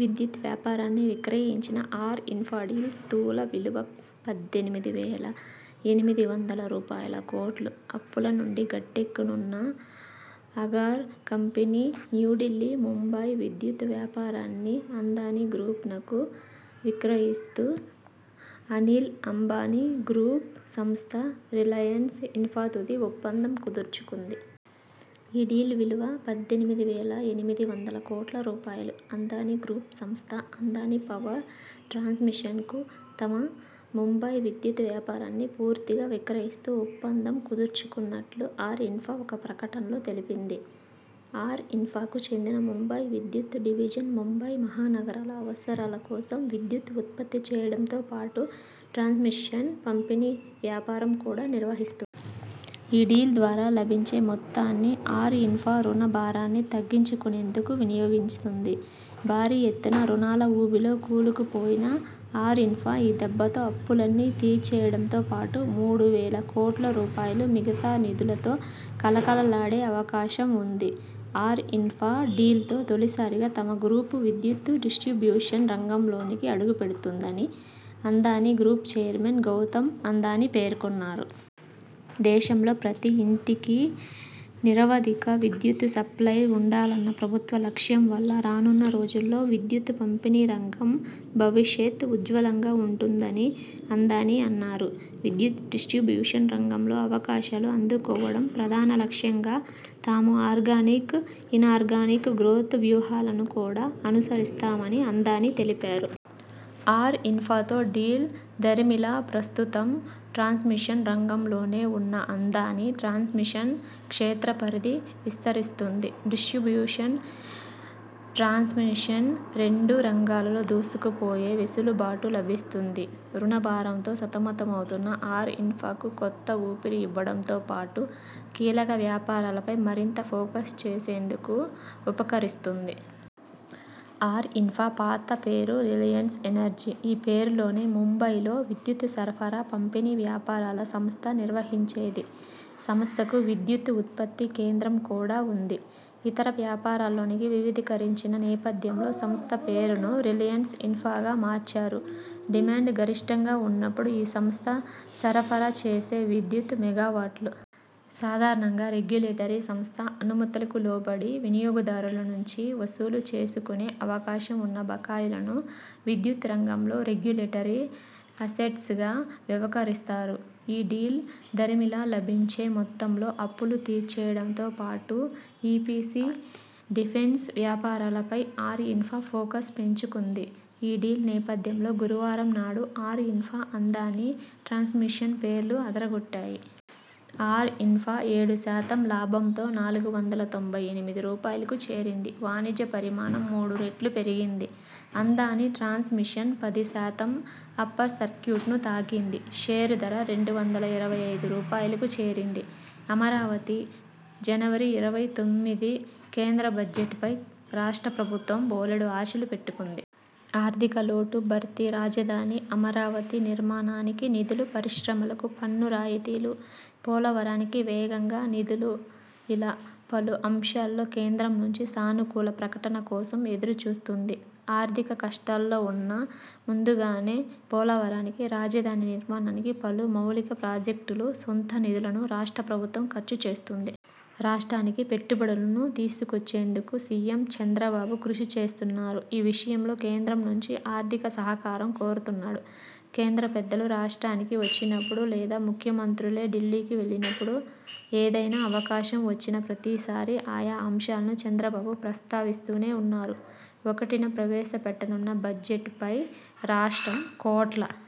విద్యుత్ వ్యాపారాన్ని విక్రయించిన ఆర్ ఇన్ఫ్రా డీల్ స్థూల విలువ పద్దెనిమిది వేల ఎనిమిది వందల రూపాయలుకోట్లు. అప్పుల నుంచి గట్టెక్కనున్న అడాగ్ కంపెనీ న్యూఢిల్లీ ముంబై విద్యుత్ వ్యాపారాన్ని అదానీ గ్రూప్ నకు విక్రయిస్తూ అనిల్ అంబానీ గ్రూప్ సంస్థ రిలయన్స్ ఇన్ఫ్రా తుది ఒప్పందం కుదుర్చుకుంది. ఈ డీల్ విలువ పద్దెనిమిది వేల ఎనిమిది వందల కోట్ల రూపాయలు. అదానీ గ్రూప్ సంస్థ అదానీ పవర్ ట్రాన్స్మిషన్ కు తమ ముంబై విద్యుత్ వ్యాపారాన్ని పూర్తిగా విక్రయిస్తూ ఒప్పందం కుదుర్చుకున్నట్టు ఆర్ ఇన్ఫ్రా ఒక ప్రకటనలో తెలిపింది. ఆర్ ఇన్ఫ్రాకు చెందిన ముంబై విద్యుత్ డివిజన్ ముంబై మహానగర అవసరాల కోసం విద్యుత్ ఉత్పత్తి చేయడంతో పాటు ట్రాన్స్మిషన్, పంపిణీ వ్యాపారం కూడా నిర్వహిస్తోంది. ఈ డీల్ ద్వారా లభించే మొత్తాన్ని ఆర్ఇన్ఫ్రా రుణ భారాన్ని తగ్గించుకునేందుకు వినియోగిస్తుంది. భారీ ఎత్తున రుణాల ఊబిలో కూరుకుపోయిన ఆర్ఇన్ఫ్రా ఈ దెబ్బతో అప్పులన్నీ తీర్చేయడంతో పాటు మూడు వేల కోట్ల రూపాయల మిగులు నిధులతో కళకళలాడే అవకాశం ఉంది. ఆర్ ఇన్ఫ్రా డీల్ తో తొలిసారిగా తమ గ్రూప్ విద్యుత్ డిస్ట్రిబ్యూషన్ రంగంలోకి అడుగుపెడుతోందనీ అదానీ గ్రూప్ చైర్మన్ గౌతమ్ అదానీ పేర్కొన్నారు. దేశంలోని ప్రతి ఇంటికీ నిరవధిక విద్యుత్ సప్లయ్ ఉండాలన్న ప్రభుత్వ లక్ష్యం వల్ల రానున్న రోజుల్లో విద్యుత్ పంపిణీ రంగం భవిష్యత్ ఉజ్వలంగా ఉంటుందని అదానీ అన్నారు. విద్యుత్ డిస్ట్రిబ్యూషన్ రంగంలో అవకాశాలను అందుకోవడం ప్రధాన లక్ష్యంగా తాము ఆర్గానిక్, ఇనార్గానిక్ గ్రోత్ వ్యూహాలను కూడా అనుసరిస్తామని అదానీ తెలిపారు. ఆర్ఇన్ఫ్రాతో డీల్ దరిమిలా ప్రస్తుతం ట్రాన్స్మిషన్ రంగంలోనే ఉన్న అదానీ ట్రాన్స్మిషన్ క్షేత్ర పరిధి విస్తరిస్తుంది. డిస్ట్రిబ్యూషన్, ట్రాన్స్మిషన్ రెండు రంగాల్లోనూ దూసుకుపోయే వెసులుబాటు లభిస్తుంది. రుణ భారంతో సతమతమవుతున్న ఆర్ ఇన్ఫ్రాకు కొత్త ఊపిరిని ఇవ్వడంతో పాటు కీలక వ్యాపారాలపై మరింత ఫోకస్ చేసేందుకు ఉపకరిస్తుంది. ఆర్ఇన్ఫ్రా పాత పేరు రిలయన్స్ ఎనర్జీ. ఈ పేరుతోనే ముంబైలో విద్యుత్ సరఫరా, పంపిణీ వ్యాపారాన్ని సంస్థ నిర్వహించేది, సంస్థకు విద్యుత్ ఉత్పత్తి కేంద్రం కూడా ఉంది. ఇతర వ్యాపారాల్లోకి వివిధీకరించిన నేపథ్యంలో సంస్థ పేరును రిలయన్స్ ఇన్ఫ్రాగా మార్చారు. డిమాండ్ గరిష్ఠంగా ఉన్నప్పుడు ఈ సంస్థ సరఫరా చేసే విద్యుత్ మెగావాట్లు. సాధారణంగా రెగ్యులేటరీ సంస్థ అనుమతులకు లోబడి వినియోగదారులనుంచి వసూలు చేసుకునే అవకాశం ఉన్న బకాయిలను విద్యుత్ రంగంలో రెగ్యులేటరీ అసెట్స్ గా వ్యవహరిస్తారు. ఈ డీల్ దరిమిలా లభించే మొత్తంతో అప్పులు తీర్చేయడంతో పాటు ఇపిసి, డిఫెన్స్ వ్యాపారాలపై ఆర్ఇన్ఫ్రా ఫోకస్ పెంచుతుంది. ఈ డీల్ నేపథ్యంలో గురువారం నాడు ఆర్ ఇన్ఫ్రా, అదానీ ట్రాన్స్మిషన్ షేర్లు అదరగొట్టాయి. ఆర్ఇన్ఫ్రా ఏడు శాతం లాభంతో నాలుగు వందల తొంభై ఎనిమిది రూపాయలకు చేరింది. వాణిజ్య పరిమాణం మూడు రెట్లు పెరిగింది. అదానీ ట్రాన్స్ మిషన్ పది శాతం అప్పర్ సర్క్యుట్ ను తాకింది. షేరు ధర రెండు వందల ఇరవై ఐదు రూపాయలకు చేరింది. అమరావతి, జనవరి ఇరవై తొమ్మిది కేంద్ర బడ్జెట్ పై రాష్ట్ర ప్రభుత్వం బోలెడు ఆశలు పెట్టుకుంది. ఆర్థిక లోటు భర్తీ, రాజధాని అమరావతి నిర్మాణానికి నిధులు, పరిశ్రమలకు పన్ను రాయితీలు, పోలవరానికి వేగంగా నిధులుఇలా పలు అంశాల్లో కేంద్రం నుంచి సానుకూల ప్రకటన కోసం ఎదురుచూస్తోంది. ఆర్థిక కష్టాల్లో ఉన్నా ముందుగానే పోలవరానికి, రాజధాని నిర్మాణానికి, పలు మౌలిక ప్రాజెక్టులకు సొంత నిధులను రాష్ట్ర ప్రభుత్వం ఖర్చు చేస్తోంది. రాష్ట్రానికి పెట్టుబడులను తీసుకొచ్చేందుకు సీఎం చంద్రబాబు కృషి చేస్తున్నారు. ఈ విషయంలో కేంద్రం నుంచీ ఆర్థిక సహకారం కోరుతున్నారు. కేంద్ర పెద్దలు రాష్ట్రానికి వచ్చినప్పుడు, లేదా ముఖ్యమంత్రే ఢిల్లీ వెళ్లినప్పుడు, ఏదైనా అవకాశం వచ్చిన ప్రతిసారీ ఆయా అంశాలను చంద్రబాబు ప్రస్తావిస్తూనే ఉన్నారు. ఒకటిన ప్రవేశ పెట్టనున్న బడ్జెట్ పై రాష్ట్రం 'కోట్ల'